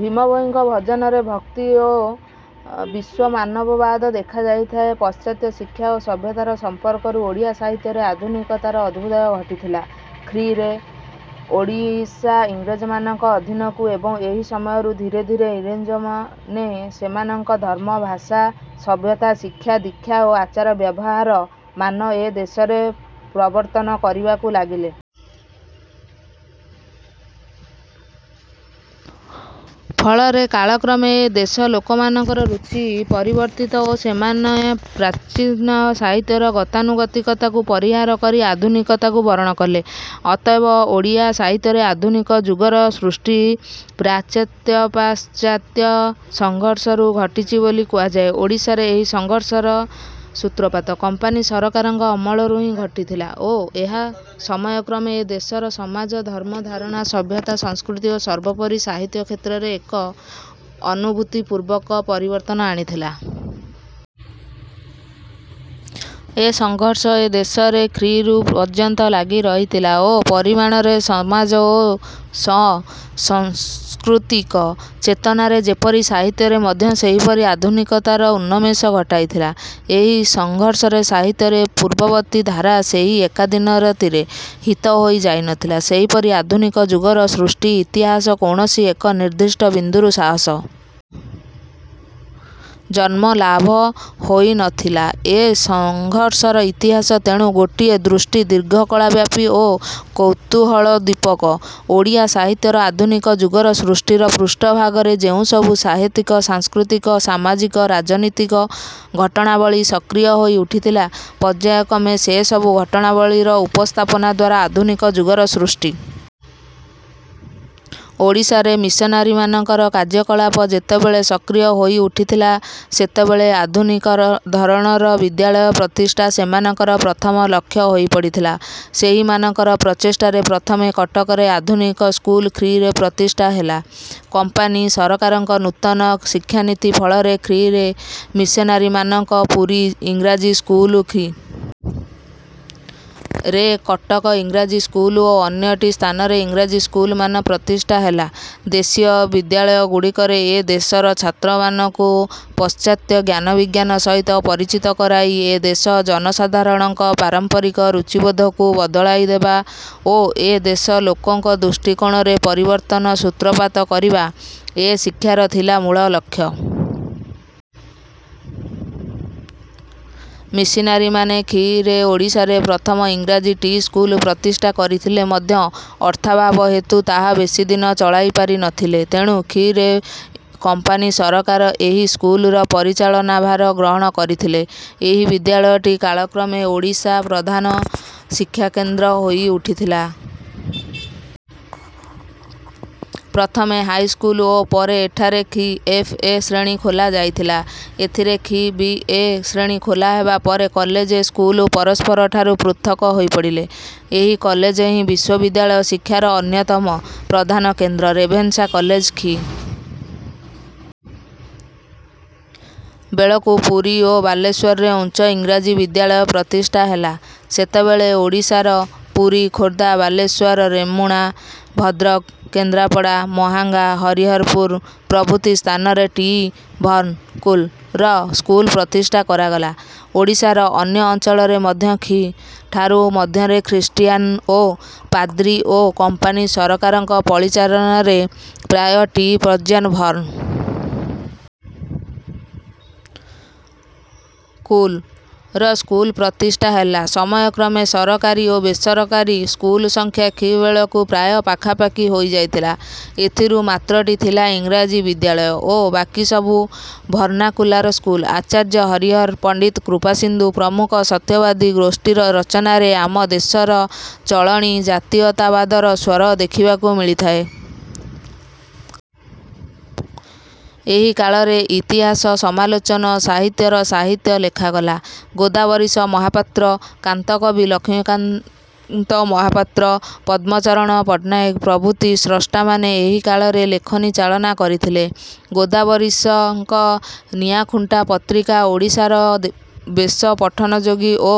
ଭୀମଭୋଇଙ୍କ ଭଜନରେ ଭକ୍ତି ଓ ବିଶ୍ୱମାନବବାଦ ଦେଖାଯାଇଥାଏ। ପଶ୍ଚ। ତ୍ୟ ଶିକ୍ଷା ଓ ସଭ୍ୟତାର ସମ୍ପର୍କରୁ ଓଡ଼ିଆ ସାହିତ୍ୟରେ ଆଧୁନିକତାର ଅଭୁ୍ଦୟ ଘଟିଥିଲା। ଖ୍ରୀ. ରେ ଓଡ଼ିଶା ଇଂରେଜମାନଙ୍କ ଅଧୀନକୁ ଏବଂ ଏହି ସମୟରୁ ଧୀରେ ଧୀରେ ଇଂରେଜମ। ନେ ସେମାନଂକ ଧର୍ମ, ଭାଷା, ସଭ୍ୟତା, ଶିକ୍ଷା, ଦୀକ୍ଷା ଓ ଆଚାର-ବ୍ୟବହାର ହାର ମାନ ଏ ଦେଶରେ ପ୍ରବର୍ତ୍ତନ କରିବାକୁ ଲାଗିଲେ। ଫଳରେ କାଳ କ୍ରମେ ଏ ଦେଶ ଲୋକମାନଙ୍କର ରୁଚି ପରିବର୍ତିତ ଓ ସେମାନେ ପ୍ରାଚୀନ ସାହିତ୍ୟର ଗତାନୁଗତିକତାକୁ ପରିହାର କରି ଆଧୁନିକତାକୁ ବରଣ କଲେ। ଅତଏବ ଓଡ଼ିଆ ସାହିତ୍ୟରେ ଆଧୁନିକ ଯୁଗର ସୃଷ୍ଟି ପ୍ରା ଚ୍ୟ-ପ। ଶ୍ଚ। ତ୍ୟ ସଂଘର୍ଷରୁ ଘଟିଛି ବୋଲି କୁହାଯାଏ। ଓଡ଼ିଶାରେ ଏହି ସଂଘର୍ଷର ସୂତ୍ରପାତ "କମ୍ପାନୀ ସରକାର"ଙ୍କ ଅମଳରୁହିଁ ଘଟିଥିଲା ଓ ଏହା ସମୟକ୍ରମେ ଏ ଦେଶର ସମାଜ, ଧର୍ମ-ଧାରଣା, ସଭ୍ୟତା, ସଂସ୍କୃତି ଓ ସର୍ବୋପରି ସାହିତ୍ୟ କ୍ଷେତ୍ରରେ ଏକ ଅନୁଭୂତିପୂର୍ବ ପରିବର୍ତ୍ତନ ଆଣିଥିଲା। ଏ ସଂଘର୍ଷ ଏ ଦେଶରେ ଖ୍ରୀ. ରୁ ପର୍ଯ୍ୟନ୍ତ ଲାଗିରହିଥିଲା ଓ ପରିମାଣରେ ସମାଜ ଓ ସଂ। ସ୍କୃତିକ ଚେତନାରେ ଯେପରି ସାହିତ୍ୟରେ ମଧ୍ୟ ସେହିପରି ଆଧୁନିକାତର ଉନଂମେଷ ଘଟାଇ ଥିଲା। ଏହି ସଂଘର୍ଷରେ ସାହିତ୍ୟରେ ପୂର୍ବବର୍ତ୍ତୀ ଧାରା ସେହି ଏକା ଦିନରେ ତିରେ। ହିତ ହୋଇ ଯାଇ ନଥିଲା, ସେହିପରି ଆଧୁନିକ ଯୁଗର ସୃଷ୍ଟି ଇତିହାସ କୌଣସି ଏକ ନିର୍ଦ୍ଦିଷ୍ଟ ବିନ୍ଦୁରୁ ସାହସ। ଜନ୍ମ ଲାଭ ହେ। ଇନଥିଲା। ଏ ସଂଘର୍ଷର ଇତିହାସ ତେଣୁ ଗୋଟିଏ ଦୃଷ୍ଟି ଦୀର୍ଘକଳାବ୍ୟାପୀ ଓ କୌତୂହଳୋଦୀପକ। ଓଡ଼ିଆ ସାହିତ୍ୟର ଆଧୁନିକ ଯୁଗର ସୃଷ୍ଟିର ପୃଷ୍ଠ ଭାଗରେ ଯେଉଁସବୁ ସାହିତ୍ୟିକ, ସାଂସ୍କୃତିକ, ସ। ମାଜିକ, ରାଜନୀତିକ ଘଟଣାବଳୀ ସକ୍ରିୟ ହୋଇ ଉଠିଥିଲା, ପର୍ଯ୍ୟାୟକ୍ରମେ ସେସବୁ ଘଟଣାବଳୀର ଉପସ୍ଥାପନଦ୍ୱାରା ଆଧୁନିକ ଯୁଗର ସୃଷ୍ଟି। ଓଡ଼ିଶାରେ ମିସନାରୀମାନଙ୍କର କାର୍ଯ୍ୟକଳାପ ଯେତେବେଳେ ସକ୍ରିୟ ହୋଇ ଉଠିଥିଲା, ସେତେବେଳେ ଆଧୁନିକଧରଣର ବିଦ୍ୟାଳୟ ପ୍ରତିଷ୍ଠା ସେମାନଙ୍କର ପ୍ରଥମ ଲକ୍ଷ୍ୟ ହୋଇପଡିଥିଲା। ସେହିମାନଙ୍କର ପ୍ରଚେଷ୍ଠାରେ ପ୍ରଥମେ କଟକରେ ଆଧୁନିକ ସ୍କୁଲ ଖ୍ରୀ. ରେ ପ୍ରତିଷ୍ଠା ହେଲା। କମ୍ପାନୀ ସରକାରଙ୍କ ନୂତନ ଶିକ୍ଷାନୀତି ଫଳରେ ଖ୍ରୀ. ରେ ମିସନାରୀମାନଙ୍କ ପୁରୀ ଇଂରାଜୀ ସ୍କୁଲ ଖ୍ରୀ. ରେ କଟକ ଇଂରାଜୀ ସ୍କୁଲ ଓ ଅନ୍ୟ ଟି ସ୍ଥାନରେ ଇଂରାଜୀ ସ୍କୁଲ ମାନ ପ୍ରତିଷ୍ଠା ହେଲା। ଦେଶୀୟ ବିଦ୍ୟାଳୟଗୁଡିକରେ ଏ ଦେଶର ଛାତ୍ରମାନଙ୍କୁ ପଶ୍ଚ। ତ୍ୟ ଜ୍ଞାନ-ବିଜ୍ଞାନ ସହିତ ପରିଚିତ କରାଇ ଏ ଦେଶ ଜନସଧାରଣଙ୍କ ପାରମ୍ପରିକ ରୁଚିବୋଧକୁ ବଦଳାଇଦେବା ଓ ଏ ଦେଶ ଲୋକଙ୍କ ଦୃଷ୍ଟିକୋଣରେ ପରିବର୍ତ୍ତନ ସୂତ୍ରପାତ କରିବା ଏ ଶିକ୍ଷାର ଥିଲା ମୂଳ ଲକ୍ଷ୍ୟ। ମିସନାରୀମାନେ ଖ୍ରୀ. ରେ ଓଡ଼ିଶାରେ ପ୍ରଥମ ଇଂରାଜୀ ଟି ସ୍କୁଲ ପ୍ରତିଷ୍ଠା କରିଥିଲେ ମଧ୍ୟ ଅର୍ଥାଭାବ ହେତୁ ତାହା ବେଶୀ ଦିନ ଚଳାଇ ପାରି ନଥିଲେ। ତେଣୁ ଖ୍ରୀ. ରେ କମ୍ପାନୀ ସରକାର ଏହି ସ୍କୁଲର ପରିଚାଳନାଭାର ଗ୍ରହଣ କରିଥିଲେ। ଏହି ବିଦ୍ୟାଳୟଟି କାଳକ୍ରମେ ଓଡ଼ିଶାର ପ୍ରଧାନ ଶିକ୍ଷାକେନ୍ଦ୍ର ହୋଇଉଠିଥିଲା। ପ୍ରଥମେ ହାଇସ୍କୁଲ ଓ ପରେ ଏଠାରେ ଖ୍ରୀ. ଏଫ. ଏ ଶ୍ରେଣୀ ଖୋଲାଯାଇଥିଲା। ଏଥିରେ ଖ୍ରୀ. ବି. ଏ ଶ୍ରେଣୀ ଖୋଲାହେବା ପରେ କଲେଜ ଓ ସ୍କୁଲ ପରସ୍ପରଠାରୁ ପୃଥକ ହୋଇପଡିଲେ। ଏହି କଲେଜହିଁ ବିଶ୍ୱବିଦ୍ୟାଳୟ ଶିକ୍ଷାର ଅନ୍ୟତମ ପ୍ରଧାନ କେନ୍ଦ୍ର "ରେଭେନ୍ସା କଲେଜ"। ଖ୍ରୀ. ବେଳକୁ ପୁରୀ ଓ ବାଲେଶ୍ୱରରେ ଉଚ୍ଚ ଇଂରାଜୀ ବିଦ୍ୟାଳୟ ପ୍ରତିଷ୍ଠା ହେଲା। ସେତେବେଳେ ଓଡ଼ିଶାର ପୁରୀ, ଖୋର୍ଦ୍ଧା, ବାଲେଶ୍ୱର, ରେମୁଣା, ଭଦ୍ରକ, କେନ୍ଦ୍ରାପଡ଼ା, ମହାଙ୍ଗା, ହରିହରପୁର ପ୍ରଭୃତି ସ୍ଥାନରେ ଟି ଭର୍ଣ୍ଣ। କୁଲ। ର ସ୍କୁଲ ପ୍ରତିଷ୍ଠା କରାଗଲା। ଓଡ଼ିଶାର ଅନ୍ୟ ଅଞ୍ଚଳରେ ମଧ୍ୟ ଖ୍ରୀ. ଠାରୁ ମଧ୍ୟରେ ଖ୍ରୀଷ୍ଟିଆନ ଓ ପାଦ୍ରୀ ଓ କମ୍ପାନୀ ସରକାରଙ୍କ ପରିଚାଳନାରେ ପ୍ରାୟ ଟି ପର୍ଯ୍ୟନ୍ ଭର୍ଣ୍ଣ। କୁଲ। ର ସ୍କୁଲ ପ୍ରତିଷ୍ଠା ହେଲା। ସମୟକ୍ରମେ ସରକାରୀ ଓ ବେସରକ। ରୀ ସ୍କୁଲସଂଖ୍ୟା ଖ୍ରୀ. ବେଳକୁ ପ୍ରାୟ ପାଖାପାଖି ହୋଇଯାଇଥିଲା। ଏଥିରୁ ମାତ୍ର ଟି ଥିଲା ଇଁରାଜୀ ବିଦ୍ୟାଳୟ ଓ ବାକିସବୁ ଭର୍ଣ୍ଣାକୁଲାର ସ୍କୁଲ। ଆଚାର୍ଯ୍ୟ ହରିହର, ପଣ୍ଡିତ କୃପାସିନ୍ଧୁ ପ୍ରମୁଖ ସତ୍ୟବାଦୀ ଗୋଷ୍ଠୀର ରଚନାରେ ଆମ ଦେଶର ଚଳଣି ଜାତୀୟତାବାଦର ସ୍ୱର ଦେଖିବାକୁ ମିଳିଥାଏ। ଏହି କାଳରେ ଇତିହାସ, ସମାଲୋଚନା ସାହିତ୍ୟର ସାହିତ୍ୟ ଲେଖାଗଲା। ଗୋଦାବରୀଶ ମହାପାତ୍ର, କାନ୍ତକବି ଲକ୍ଷ୍ମୀକାନ୍ତ ମହାପାତ୍ର, ପଦ୍ମଚରଣ ପଟ୍ଟନାୟକ ପ୍ରଭୃତି ସ୍ରଷ୍ଟାମାନେ ଏହି କାଳରେ ଲେଖନୀ ଚାଳନା କରିଥିଲେ। ଗୋଦାବରୀଶଙ୍କ ନିଆଁଖୁଣ୍ଟା ପତ୍ରିକା ଓଡ଼ିଶାରେ ବେଶ ପଠନଯୋଗୀ ଓ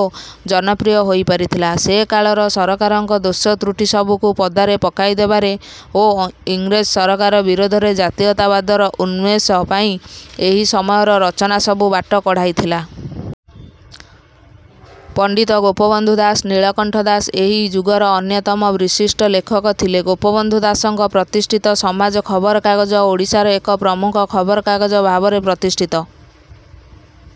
ଜନପ୍ରିୟ ହୋଇପାରିଥିଲା। ସେକାଳର ସରକାରଙ୍କ ଦୋଷ ତ୍ରୁଟିସବୁକୁ ପଦାରେ ପକାଇଦେବାରେ ଓ ଇଂରେଜ ସରକାର ବିରୋଧରେ ଜାତୀୟତାବାଦର ଉନ୍ମେଷ ପାଇଁ ଏହି ସମୟର ରଚନାସବୁ ବାଟ କଢ଼ାଇଥିଲା। ପଣ୍ଡିତ ଗୋପବନ୍ଧୁ ଦାସ, ନୀଳକଣ୍ଠ ଦାସ ଏହି ଯୁଗର ଅନ୍ୟତମ ବିଶିଷ୍ଟ ଲେଖକ ଥିଲେ। ଗୋପବନ୍ଧୁ ଦାସଙ୍କ ପ୍ରତିଷ୍ଠିତ ସମାଜ ଖବରକାଗଜ ଓଡ଼ିଶାର ଏକ ପ୍ରମୁଖ ଖବରକାଗଜ ଭାବରେ ପ୍ରତିଷ୍ଠିତ।